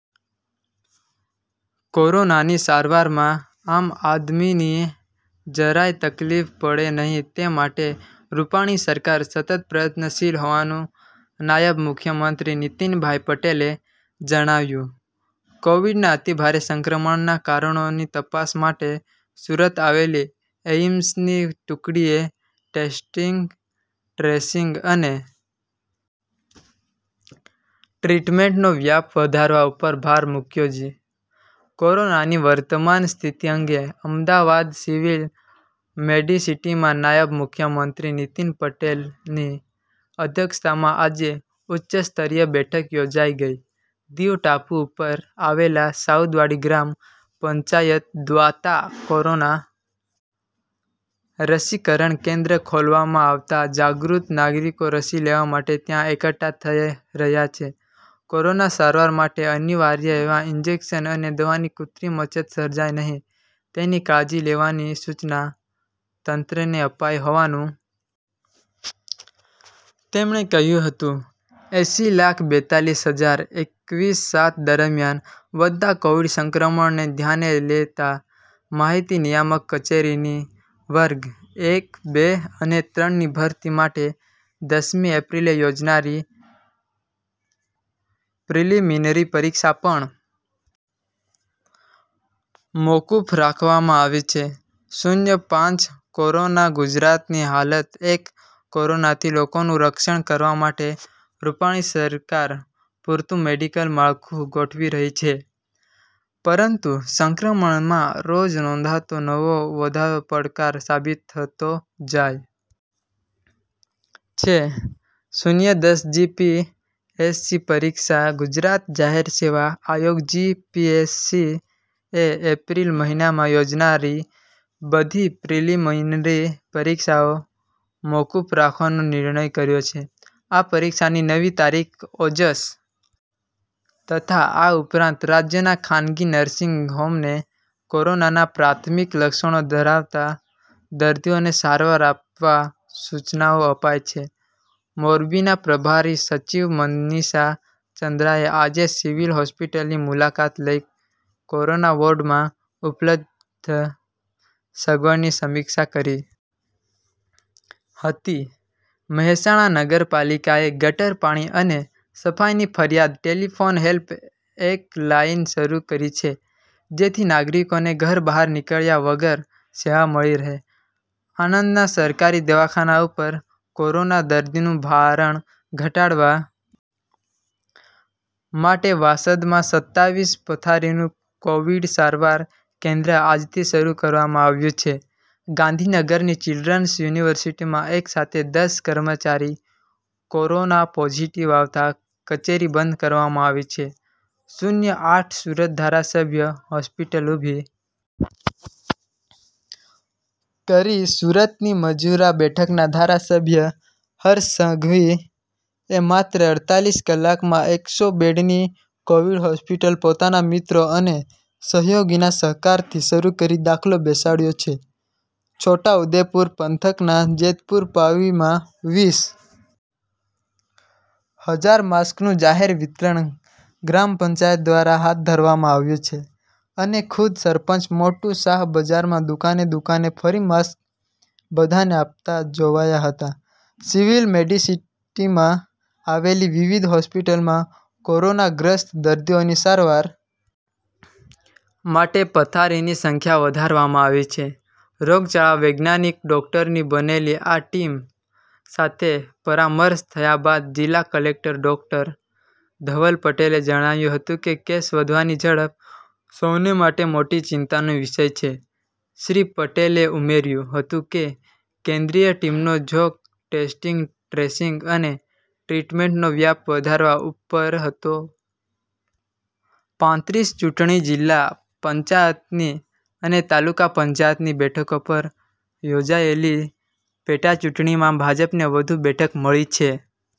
કોરોનાની સારવારમાં આમઆદમીને જરાય તકલીફ પડે નહીં તે માટે રૂપાણી સરકાર સતત પ્રયત્નશીલ હોવાનું નાયબ મુખ્યમંત્રી નિતિનભાઈ પટેલે જણાવ્યું કોવિડના અતિભારે સંક્રમણના કારણોની તપાસ માટે સુરત આવેલી એઈમ્સની ટુકડી એ ટેસ્ટિંગ ટ્રેસિંગ અને ટ્રીટમેન્ટનો વ્યાપ વધારવા ઉપર ભાર મૂક્યો જી કોરોનાની વર્તમાન સ્થિતિ અંગે અમદાવાદ સિવિલ મેડિસીટીમાં નાયબ મુખ્યમંત્રી નીતિન પટેલની અધ્યક્ષતામાં આજે ઉચ્ચસ્તરીય બેઠક યોજાઇ ગઈ દીવ ટાપુ ઉપર આવેલા સાઉદવાડી ગ્રામ પંચાયત દ્વાતા કોરોના રસીકરણ કેન્દ્ર ખોલવામાં આવતા જાગૃત નાગરિકો રસી લેવા માટે ત્યાં એકઠા થઈ રહ્યા છે કોરોના સારવાર માટે અનિવાર્ય એવા ઈંજેકશન અને દવાની કૃતિમ અછત સર્જાય નહીં તેની કાળજી લેવાની સૂચના તંત્રને અપાઈ હોવાનું તેમણે કહ્યું હતું એંસી લાખ બેતાલીસ હજાર એકવીસ સાત દરમિયાન વધતાં કોવિડ સંક્રમણને ધ્યાને લેતા માહિતી નિયામક કચેરીની વર્ગ એક બે અને ત્રણ ની ભરતી માટે દસ મી એપ્રિલે યોજનારી પ્રિલિમિનરી પરીક્ષા પણ મોકૂફ રાખવામાં આવી છે શૂન્ય પાંચ કોરોના ગુજરાતની હાલત એક કોરોનાથી લોકોનું રક્ષણ કરવા માટે રૂપાણી સરકાર પૂરતું મેડિકલ માળખું ગોઠવી રહી છે પરંતુ સંક્રમણમાં રોજ નોંધાતો નવો વધારો પડકાર સાબિત થતો જાય છે શૂન્ય દસ જી પી એસ સી પરીક્ષા ગુજરાત જાહેર સેવા આયોગ જી પી એસ સી એ એપ્રિલ માહિનામાં યોજનારી બધી પ્રિલિમિનરી પરીક્ષાઑ મોકૂફ રાખવાનો નિર્ણય કર્યો છે આ પરિક્ષાની નવી તારીખ ઓજસ તથા આ ઉપરાંત રાજયના ખાનગી નર્સીગ હોમને કોરોનાના પ્રાથમિક લક્ષણો ધરાવતા દર્દીઓને સારવાર આપવા સૂચનાઓ અપાઈ છે મોરબીના પ્રભારી સચિવ મનીષા ચંદ્રાએ આજે સિવિલ હોસ્પિટલની મુલાકાત લઈ કોરોના વોર્ડમાં ઉપલબ્ધ સગવડની સમિક્ષા કરી હતી મહેસાણા નગરપાલિકા એ ગટર પાણી અને સફાઈની ફરિયાદ ટેલિફોન હેલ્પ એક લાઈન શરૂ કરી છે જેથી નાગરિકોને ઘર બહાર નીકળ્યા વગર સેવા મળી રહે આણંદના સરકારી દવાખાના ઉપર કોરોના દર્દીનું ભારણ ઘટાડવા માટે વાસદમાં સત્તાવીસ પથારીનું કોવિડ સારવાર કેન્દ્ર આજથી શરૂ કરવામાં આવ્યું છે ગાંધીનગરની ચિલ્ડ્રન્સ યુનિવર્સિટીમાં એક સાથે દસ કર્મચારી કોરોના પોઝિટીવ આવતા કચેરી બંધ કરવામાં આવી છે શૂન્ય આઠ સુરત ધારાસભ્ય હોસ્પિટલ ઊભી કરી સુરતની મજુરા બેઠકના ધારાસભ્ય હર્ષ સંઘવી એ માત્ર અડતાલીસ કલાકમાં એક સો બેડની કોવિડ હોસ્પિટલ પોતાના મિત્રો અને સહયોગીના સહકારથી શરૂ કરી દાખલો બેસાડયો છે છોટા ઉદેપુર પંથક ના જેતપુર પાવીમાં વીસ હજાર માસ્કનું જાહેર વિતરણ ગ્રામ પંચાયત દ્વારા હાથ ધરવામાં આવ્યું છે અને ખુદ સરપંચ મોટુ શાહ બજારમાં દુકાને દુકાને ફરી માસ્ક બધાને આપતા જોવાયા હતા સિવિલ મેડિસીટીમાં આવેલી વિવિધ હોસ્પિટલમાં કોરોનાગ્રસ્ત દર્દીઓની સારવાર માટે પથારીની સંખ્યા વધારવામાં આવી છે રોગચાળા વૈજ્ઞાનિક અને ડોક્ટરની બનેલી આ ટીમ સાથે પરામર્શ થયા બાદ જિલ્લા કલેક્ટર ડોક્ટર ધવલ પટેલે જણાવ્યું હતું કે કેસ વધવાની ઝડપ સૌને માટે મોટી ચિંતાનો વિષય છે શ્રી પટેલે ઉમેર્યું હતું કે કેન્દ્રિય ટીમનો ઝોક ટેસ્ટિંગ ટ્રેસિંગ અને ટ્રીટમેન્ટનો વ્યાપ વધારવા ઉપર હતો પાંત્રીસ ચૂંટણી જિલ્લા પંચાયતની અને તાલુકા પંચાયતની બેઠકો પર યોજાયેલી પેટાચૂંટણીમાં ભાજપને વધુ બેઠક મળી છે।